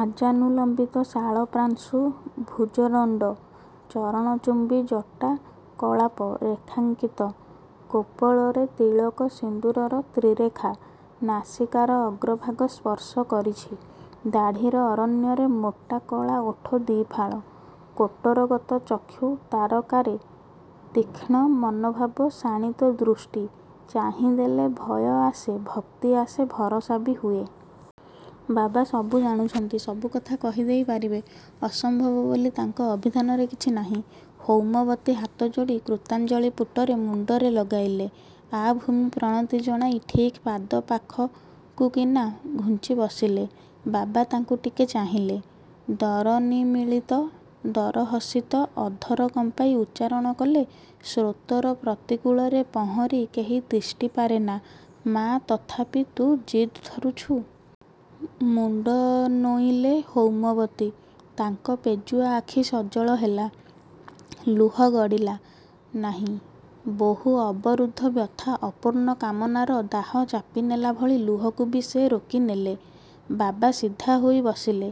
ଆଜାନୁଲମ୍ବିତ ଶାଳ ପ୍ରାଂଶୁ ଭୁଜଦଣ୍ଡ ଚରଣଚୁମ୍ବୀ ଜଟା କଳାପ ରେଖାଙ୍କିତ କପୋଳରେ ତିଳକ-ସିନ୍ଦୂରର ତ୍ରିରେଖା ନାସିକାର ଅଗ୍ରଭାଗ ସ୍ପର୍ଶ କରିଛି। ଦାଢ଼ିର ଅରଣ୍ୟରେ ମୋଟା କଳା ଓଠ ଦି'ଫାଳ। କୋଟରଗତ ଚକ୍ଷୁ ତାରକାରେ ତୀକ୍ଷ୍ଣ ମନୋଭେଦ ଶାଣିତ ଦୃଷ୍ଟି। ଚାହିଁ ଦେଲେ ଭୟ ଆସେ, ଭକ୍ତି ଆସେ, ଭରସା ବି ହୁଏ। ବାବା ସବୁ ଜାଣୁଛନ୍ତି ସବୁକଥା କହିଦେଇ ପାରିବେ। ଅସମ୍ଭବ ବୋଲି ତାଙ୍କ ଅଭିଧାନରେ କିଛି ନାହିଁ। ହୈମବତୀ ହାତଯୋଡ଼ି କୃତାଞ୍ଜଳୀ ପୁଟରେ ମୁଣ୍ଡରେ ଲଗାଇଲେ। ଆଭୂମି ପ୍ରଣତି ଜଣାଇ ଠିକ୍ ପାଦ ପାଖକୁକିନା ଘୁଞ୍ଚି ବସିଲେ। ବାବା ତାଙ୍କୁ ଟିକେ ଚାହିଁଲେ। ଦରନିମୀଳିତ ଦରହସିତ ଅଧର କମ୍ପାଇ ଉଚ୍ଚାରଣ କଲେ ''ସ୍ରୋତର ପ୍ରତିକୂଳରେ ପହଁରି କେହି ତିଷ୍ଠି ପାରେନା ମା' ତଥାପି, ତୁ ଜିଦ୍ ଧରୁଛୁ। '' ମୁଣ୍ଡ ନୋଇଁଲେ ହୈମବତୀ। ତାଙ୍କ ପେଜୁଆ ଆଖି ସଜଳ ହେଲା। ଲୁହ ଗଡ଼ିଲା ନାହିଁ। ବହୁ ଅବରୁଦ୍ଧ ବ୍ୟଥା ଅପୂର୍ଣ୍ଣ କାମନାର ଦାହ ଚାପି ନେଲା ଭଳି ଲୁହକୁ ବି ସେ ରୋକି ନେଲେ। ବାବା ସିଧା ହୋଇ ବସିଲେ।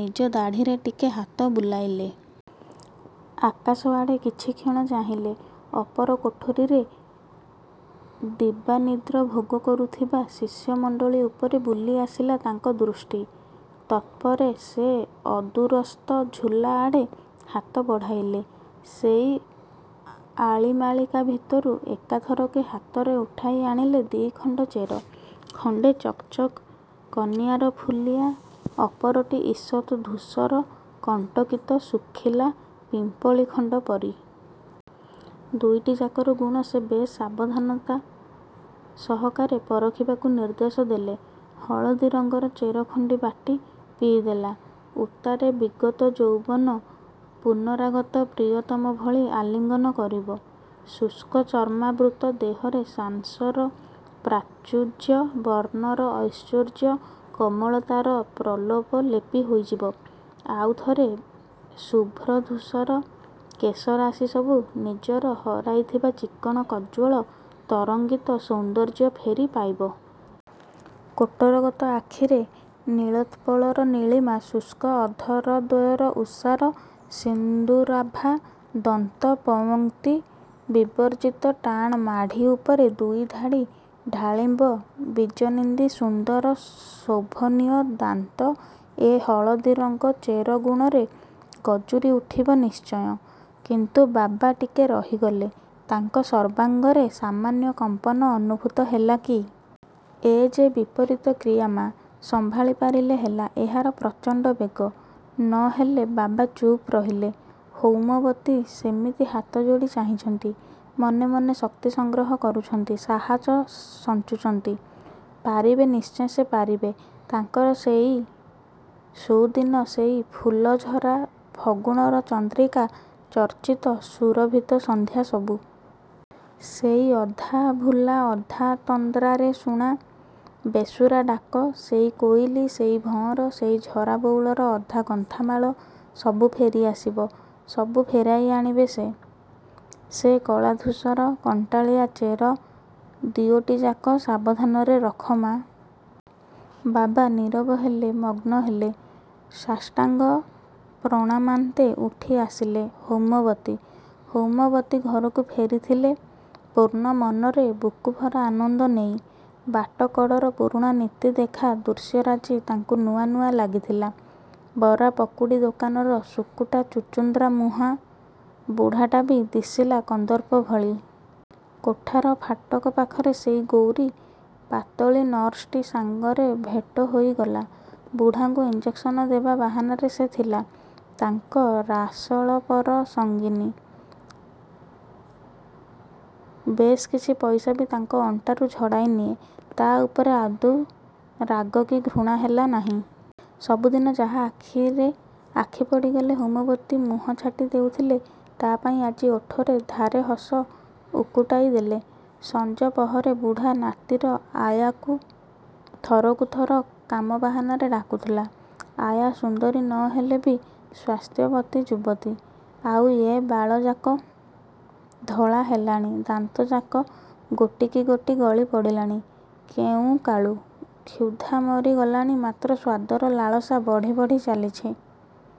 ନିଜ ଦାଢ଼ିରେ ଟିକେ ହାତ ବୁଲାଇଲେ। ଆକାଶଆଡ଼େ କିଛିକ୍ଷଣ ଚାହିଁଲେ। ଅପର କୋଠରିରେ ଦିବାନିଦ୍ରା ଭୋଗ କରୁଥିବା ଶିଷ୍ୟମଣ୍ଡଳୀ ଉପରେ ବୁଲି ଆସିଲା ତାଙ୍କ ଦୃଷ୍ଟି। ତତ୍ପରେ ସେ ଅଦୂରସ୍ଥ ଝୁଲାଆଡ଼େ ହାତ ବଢ଼ାଇଲେ। ସେଇ ଆଳିମାଳିକା ଭିତରୁ ଏକାଥରକେ ହାତରେ ଉଠାଇ ଆଣିଲେ ଦି'ଖଣ୍ଡ ଚେର। ଖଣ୍ଡେ ଟକ୍ ଟକ୍ କନିଆରଫୁଲିଆ ଅପରଟି ଇଷତ୍ ଧୂସର କଣ୍ଟକିତ ଶୁଖିଲା ପିପ୍ପଳୀ ଖଣ୍ଡ ପରି। ଦୁଇଟିଯାକର ଗୁଣ ସେ ବେଶ୍ ସାବଧାନତା ସହକାରେ ପରଖିବାକୁ ନିର୍ଦ୍ଦେଶ ଦେଲେ–ହଳଦୀ ରଙ୍ଗର ଚେରଖଣ୍ଡି ବାଟି ପିଇଦେଲା ଉତ୍ତାରେ ବିଗତ ଯୌବନ ପୁନରାଗତ ପ୍ରିୟତମ ଭଳି ଆଲିଙ୍ଗନ କରିବ। ଶୁଷ୍କ ଚର୍ମାବୃତ ଦେହରେ ସାଂସର ପ୍ରାଚୁର୍ଯ୍ୟ, ବର୍ଣ୍ଣର ଐଶ୍ୱର୍ଯ୍ୟ, କୋମଳତାର ପ୍ରଲୋପ ଲେପି ହୋଇଯିବ। ଆଉଥରେ ଶୁଭ୍ର ଧୂସର କେଶରାଶି ସବୁ, ନିଜର ହରାଇଥିବା ଚିକ୍କଣ କଜ୍ଜ୍ୱଳ ତରଙ୍ଗିତ ସୌନ୍ଦର୍ଯ୍ୟ ଫେରି ପାଇବ। କୋଟରଗତ ଆଖିରେ ନୀଳୋତ୍ପଳର ନୀଳିମା, ଶୁଷ୍କ ଅଧର ଦ୍ୱୟରେ ଉଷାର ସିନ୍ଦୂରାଭା ଦନ୍ତ-ପଙକ୍ତି ବିବର୍ଜିତ ଟାଣ ମାଢ଼ି ଉପରେ ଦୁଇଧାଡ଼ି ଢାଳିମ୍ବ ବୀଜନିନ୍ଦି ସୁନ୍ଦର ଶୋଭନୀୟ ଦାନ୍ତ ଏ ହଳଦୀ ରଙ୍ଗ ଚେର ଗୁଣରେ ଗଜୁରୀ ଉଠିବ ନିଶ୍ଚୟ। କିନ୍ତୁ ବାବା ଟିକେ ରହିଗଲେ। ତାଙ୍କ ସର୍ବାଙ୍ଗରେ ସାମାନ୍ୟ କମ୍ପନ ଅନୁଭୂତ ହେଲା କି? ''ଏ, ଯେ, ବିପରୀତ କ୍ରିୟା ମା! ସମ୍ଭାଳି ପାରିଲେ ହେଲା, ଏହାର ପ୍ରଚଣ୍ଡ ବେଗ। ନ ହେଲେ। '' ବାବା ଚୁପ୍ ରହିଲେ। ହୈମବତୀ ସେମିତି ହାତଯୋଡ଼ି ଚାହିଁଛନ୍ତି। ମନେ ମନେ, ଶକ୍ତି ସଂଗ୍ରହ କରୁଛନ୍ତି। ସାହସ ସଞ୍ଚୁଛନ୍ତି। ପାରିବେ ନିଶ୍ଚେ ସେ ପାରିବେ। ତାଙ୍କର ସେଇ ସୁଦିନ ସେଇ ଫୁଲଝରା ଫଗୁଣର ଚନ୍ଦ୍ରିକା– ଚର୍ଚ୍ଚିତ ସୁରଭିତ ସନ୍ଧ୍ୟା ସବୁ। ସେଇ ଅଧା-ଭୁଲା ଅଧା ତନ୍ଦ୍ରାରେ ଶୁଣା, ବେସୁରା ଡାକ; ସେଇ କୋଇଲି, ସେଇ ଭଅଁର, ସେଇ ଝରା ବଉଳର ଅଧା ଗୁନ୍ଥାମାଳା। ସବୁ ଫେରି ଆସିବ। ସବୁ ଫେରେଇ ଆଣିବେ ସେ। "ସେ କଳା ଧୂସର କଣ୍ଟାଳିଆ ଚେର। ଦିଓଟି ଯାକ ସାବଧାନରେ ରଖ ମା। '' ବାବା ନୀରବ ହେଲେ ମଗ୍ନ ହେଲେ। ସାଷ୍ଟାଙ୍ଗ ପ୍ରଣାମାନ୍ତେ ଉଠି ଆସିଲେ ହୈମବତୀ। ହୈମବତୀ ଘରକୁ ଫେରିଥିଲେ ପୂର୍ଣ୍ଣ ମନରେ ବୁକୁଭରା ଆନନ୍ଦ ନେଇ। ବାଟ କଡ଼ର ପୁରୁଣା ନିତି ଦେଖା ଦୃଶ୍ୟରାଜି ତାଙ୍କୁ ନୂଆ ନୂଆ ଲାଗିଥିଲା। ବରା ପକୁଡ଼ି ଦୋକାନର ଶୁକୁଟା ଚୁଚୁନ୍ଦ୍ରା ମୁହାଁ ବୁଢ଼ାଟା ବି ଦିଶିଲା କନ୍ଦର୍ପ ଭଳି। କୋଠାର ଫାଟକ ପାଖରେ ସେଇ ଗୋରୀ ପାତଳୀ ନର୍ସଟି ସାଙ୍ଗରେ ଭେଟ ହୋଇଗଲା।। ବୁଢ଼ାଙ୍କୁ ଇଞ୍ଜେକ୍ସନ୍ ଦେବା ବାହାନାରେ ସେ ଥିଲା, ତାଙ୍କ ରସାଳପର ସଙ୍ଗିନୀ। ବେଶ୍ କିଛି ପଇସା ବି ତାଙ୍କ ଅଣ୍ଟାରୁ ଝଡ଼ାଇ ନିଏ। ତା' ଉପରେ ଆଦୌ ରାଗ କି ଘୃଣା ହେଲା ନାହିଁ। ସବୁଦିନେ ଯାହା ଆଖିରେ ଆଖି ପଡ଼ିଗଲେ ହୈମବତୀ ମୁହଁଛାଟି ଦେଉଥିଲେ, ତା'ପାଇଁ ଆଜି ଓଠରେ ଧାରେ ହସ ଉକୁଟାଇ ଦେଲେ। ସଞ୍ଜ ପହରେ ବୁଢ଼ା, ନାତିର ଆୟାକୁ ଥରକୁ ଥର କାମ ବାହାନାରେ ଡାକୁଥିଲେ। ଆୟା, ସୁନ୍ଦରୀ ନ ହେଲେ ବି ସ୍ୱାସ୍ଥ୍ୟବତୀ ଯୁବତୀ। ଆଉ, ୟେ– ବାଳଯାକ ଧଳା, ହେଲାଣି, ଦାନ୍ତଯାକ ଗୋଟିକି ଗୋଟି ଗଳି ପଡ଼ିଲାଣି କେଉଁକାଳୁ। କ୍ଷୁଧା ମରି ଗଲାଣି ମାତ୍ର ସ୍ୱାଦର ଲାଳସା ବଢ଼ି ବଢ଼ି ଚାଲିଛି।